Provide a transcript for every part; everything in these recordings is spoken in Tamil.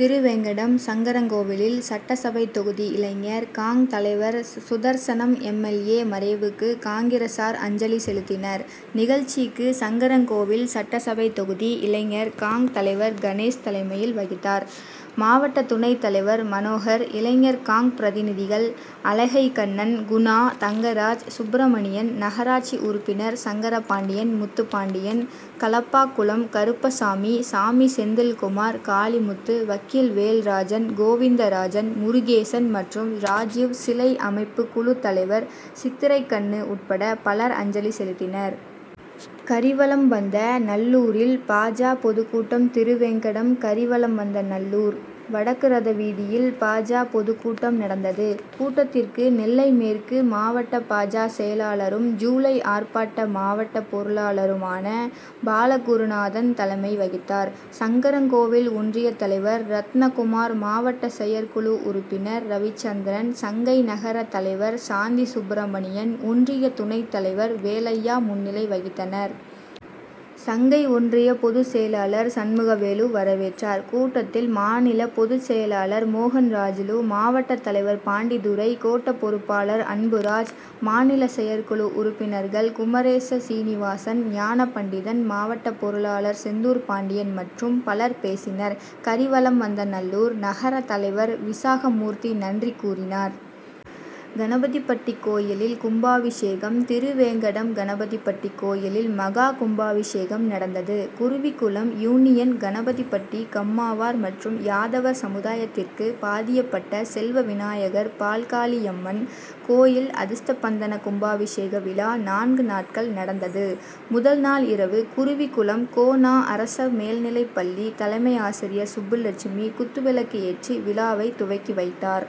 திருவேங்கடம் சங்கரன்கோவிலில் சட்டசபை தொகுதி இளைஞர் காங்.,தலைவர் சுதர்சனம் எம். எல். ஏ. மறைவுக்கு காங்கிரசார் அஞ்சலி செலுத்தினர். நிகழ்ச்சிக்கு சங்கரன்கோவில் சட்டசபை தொகுதி இளைஞர் காங்., தலைவர் கணேஷ் தலைமை வகித்தார். மாவட்ட துணைத் தலைவர் மனோகர், இளைஞர் காங்., பிரதிநிதிகள் அழகைகண்ணன், குணா, தங்கராஜ், சுப்பிரமணியன், நகராட்சி உறுப்பினர் சங்கரபாண்டியன், முத்துப்பாண்டியன், களப்பாகுளம் கருப்பசாமி, சாமி, செந்தில்குமார், காளிமுத்து, வக்கீல் வேல்ராஜன், கோவிந்தராஜ், முருகேசன் மற்றும் ராஜிவ் சிலை அமைப்பு குழு தலைவர் சித்திரைக்கண்ணு உட்பட பலர் அஞ்சலி செலுத்தினர். கரிவலம்வந்தநல்லூரில்பா. ஜ.,பொதுக்கூட்டம் திருவேங்கடம் கரிவலம்வந்தநல்லூர் வடக்குரத வீதியில் பா. ஜ.,பொதுக்கூட்டம் நடந்தது. கூட்டத்திற்கு நெல்லை மேற்கு மாவட்ட பா. ஜ.,செயலாளரும் ஜூலை ஆர்ப்பாட்ட மாவட்ட பொறுப்பாளருமான பாலகுருநாதன் தலைமை வகித்தார். சங்கரன்கோவில் ஒன்றிய தலைவர் ரத்னகுமார், மாவட்ட செயற்குழு உறுப்பினர் ரவிச்சந்திரன், சங்கை நகர தலைவர் சாந்தி சுப்பிரமணியன், ஒன்றிய துணைத் தலைவர் வேலையா முன்னிலை வகித்தனர். சங்கை ஒன்றிய பொது செயலாளர் சண்முகவேலு வரவேற்றார். கூட்டத்தில் மாநில பொது செயலாளர் மோகன்ராஜூலு, மாவட்ட தலைவர் பாண்டித்துரை, கோட்ட பொறுப்பாளர் அன்புராஜ், மாநில செயற்குழு உறுப்பினர்கள் குமரேச சீனிவாசன், ஞானபண்டிதன், மாவட்ட பொருளாளர் செந்தூர்பாண்டியன் மற்றும் பலர் பேசினர். கரிவலம்வந்தநல்லூர் நகர தலைவர் விசாகமூர்த்தி நன்றி கூறினார். கணபதிபட்டி கோயிலில்கும்பாபிஷேகம் திருவேங்கடம் கணபதிபட்டி கோயிலில் மகா கும்பாபிஷேகம் நடந்தது. குருவிகுளம் யூனியன் கணபதிபட்டி கம்மவார் மற்றும் யாதவர் சமுதாயத்திற்கு பாத்தியப்பட்ட செல்வவிநாயர், பால்காளியம்மன் கோயில் அஷ்டபந்தன கும்பாபிஷேக விழா நான்கு நாட்கள் நடந்தது. முதல்நாள் இரவு குருவிகுளம் கோ. நா. அரசுமேல்நிலைப்பள்ளி தலைமை ஆசிரியர் சுப்புலட்சுமி குத்துவிளக்கு ஏற்றி விழாவை துவக்கி வைத்தார்.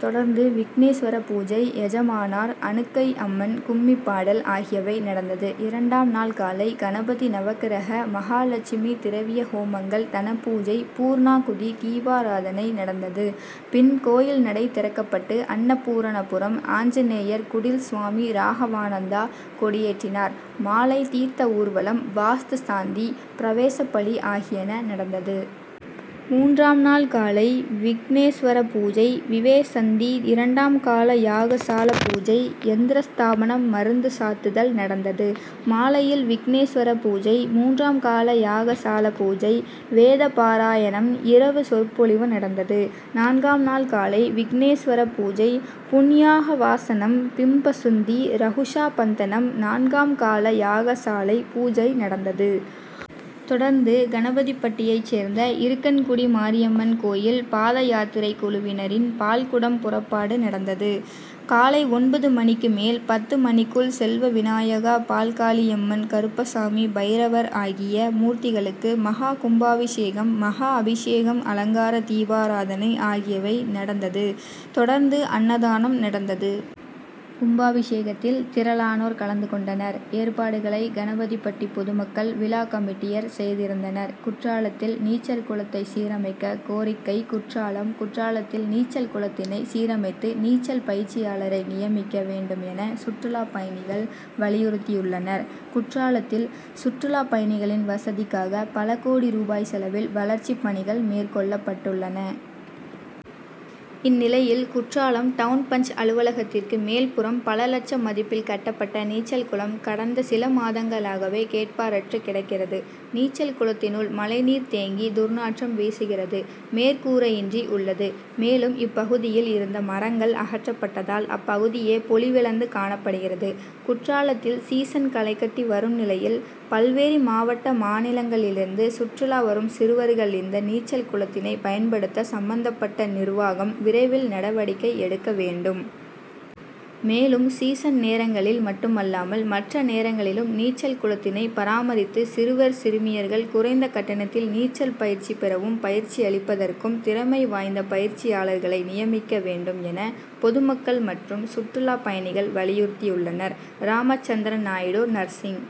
தொடர்ந்து விக்னேஸ்வர பூஜை, யஜமானர் அனுக்ஞை, அம்மன் கும்பிபாடல் ஆகியவை நடந்தது. இரண்டாம் நாள் காலை கணபதி, நவக்கிரக, மகாலெட்சுமி, திரவிய ஹோமங்கள், தனபூஜை, பூர்ணாகுதி, தீபாராதனை நடந்தது. பின் கோயில் நடை திறக்கப்பட்டு அன்னபூரணபுரம் ஆஞ்சநேயர் குடில் சுவாமி ராகவானந்தா கொடியேற்றினார். மாலை தீர்த்த ஊர்வலம், வாஸ்து சாந்தி, பிரவேசபலி ஆகியன நடந்தது. மூன்றாம் நாள் காலை விக்னேஸ்வர பூஜை, விசேஷசந்தி, இரண்டாம் கால யாகசாலை பூஜை, யந்திரஸ்தாபனம், மருந்து சாத்துதல் நடந்தது. மாலையில் விக்னேஸ்வர பூஜை, மூன்றாம் கால யாகசாலை பூஜை, வேதபாராயணம், இரவு சொற்பொழிவு நடந்தது. நான்காம் நாள் காலை விக்னேஸ்வர பூஜை, புண்யாகவாசனம், பிம்பசுத்தி, ரக்ஷாபந்தனம், நான்காம் கால யாகசாலை பூஜை நடந்தது. தொடர்ந்து கணபதிபட்டியை சேர்ந்த இருக்கன்குடி மாரியம்மன் கோயில் பாதயாத்திரை குழுவினரின் பால்குடம் புறப்பாடு நடந்தது. காலை ஒன்பது மணிக்கு மேல் பத்து மணிக்குள் செல்வவிநாயகா, பால்காளியம்மன், கருப்பசாமி, பைரவர் ஆகிய மூர்த்திகளுக்கு மகா கும்பாபிஷேகம், மகா அபிஷேகம், அலங்கார தீபாராதனை ஆகியவை நடந்தது. தொடர்ந்து அன்னதானம் நடந்தது. கும்பாபிஷேகத்தில் திரளானோர் கலந்து கொண்டனர். ஏற்பாடுகளை கணபதிபட்டி பொதுமக்கள், விழா கமிட்டியார் செய்திருந்தனர். குற்றாலத்தில் நீச்சல் குளத்தைசீரமைக்க கோரிக்கை குற்றாலம் குற்றாலத்தில் நீச்சல் குளத்தினை சீரமைத்து, நீச்சல் பயிற்சியாளரை நியமிக்க வேண்டுமென சுற்றுலா பயணிகள் வலியுறுத்தியுள்ளனர். குற்றாலத்தில் சுற்றுலா பயணிகளின் வசதிக்காக பல கோடி ரூபாய் செலவில் வளர்ச்சிப் பணிகள் மேற்கொள்ளப்பட்டுள்ளன. இந்நிலையில் குற்றாலம் டவுன் பஞ்., அலுவலகத்திற்கு மேல்புறம் பல லட்சம் மதிப்பில் கட்டப்பட்ட நீச்சல்குளம் கடந்த சில மாதங்களாகவே கேட்பாரற்று கிடக்கிறது. நீச்சல் குளத்தினுள் மழைநீர் தேங்கி துர்நாற்றம் வீசுகிறது. மேற்கூரையின்றி உள்ளது. மேலும் இப்பகுதியில் இருந்த மரங்கள் அகற்றப்பட்டதால் அப்பகுதியே பொலிவிழந்து காணப்படுகிறது. குற்றாலத்தில் சீசன் களைகட்டி வரும் நிலையில் பல்வேறு மாவட்ட, மாநிலங்களிலிருந்து சுற்றுலா வரும் சிறுவர்கள் இந்த நீச்சல் குளத்தினை பயன்படுத்திட சம்பந்தப்பட்ட நிர்வாகம் விரைவில் நடவடிக்கை எடுக்க வேண்டும். மேலும் சீசன் நேரங்களில் மட்டுமல்லாமல் மற்ற நேரங்களிலும் நீச்சல்குளத்தினை பராமரித்து சிறுவர், சிறுமியர்கள் குறைந்த கட்டணத்தில் நீச்சல் பயிற்சி பெறவும், பயிற்சியளிப்பதற்கு திறமை வாய்ந்த பயிற்சியாளர்களையும் நியமிக்க வேண்டும் என பொதுமக்கள் மற்றும் சுற்றுலா பயணிகள் வலியுறுத்தியுள்ளனர். ராமச்சந்திரன் நாயுடு நர்சிங்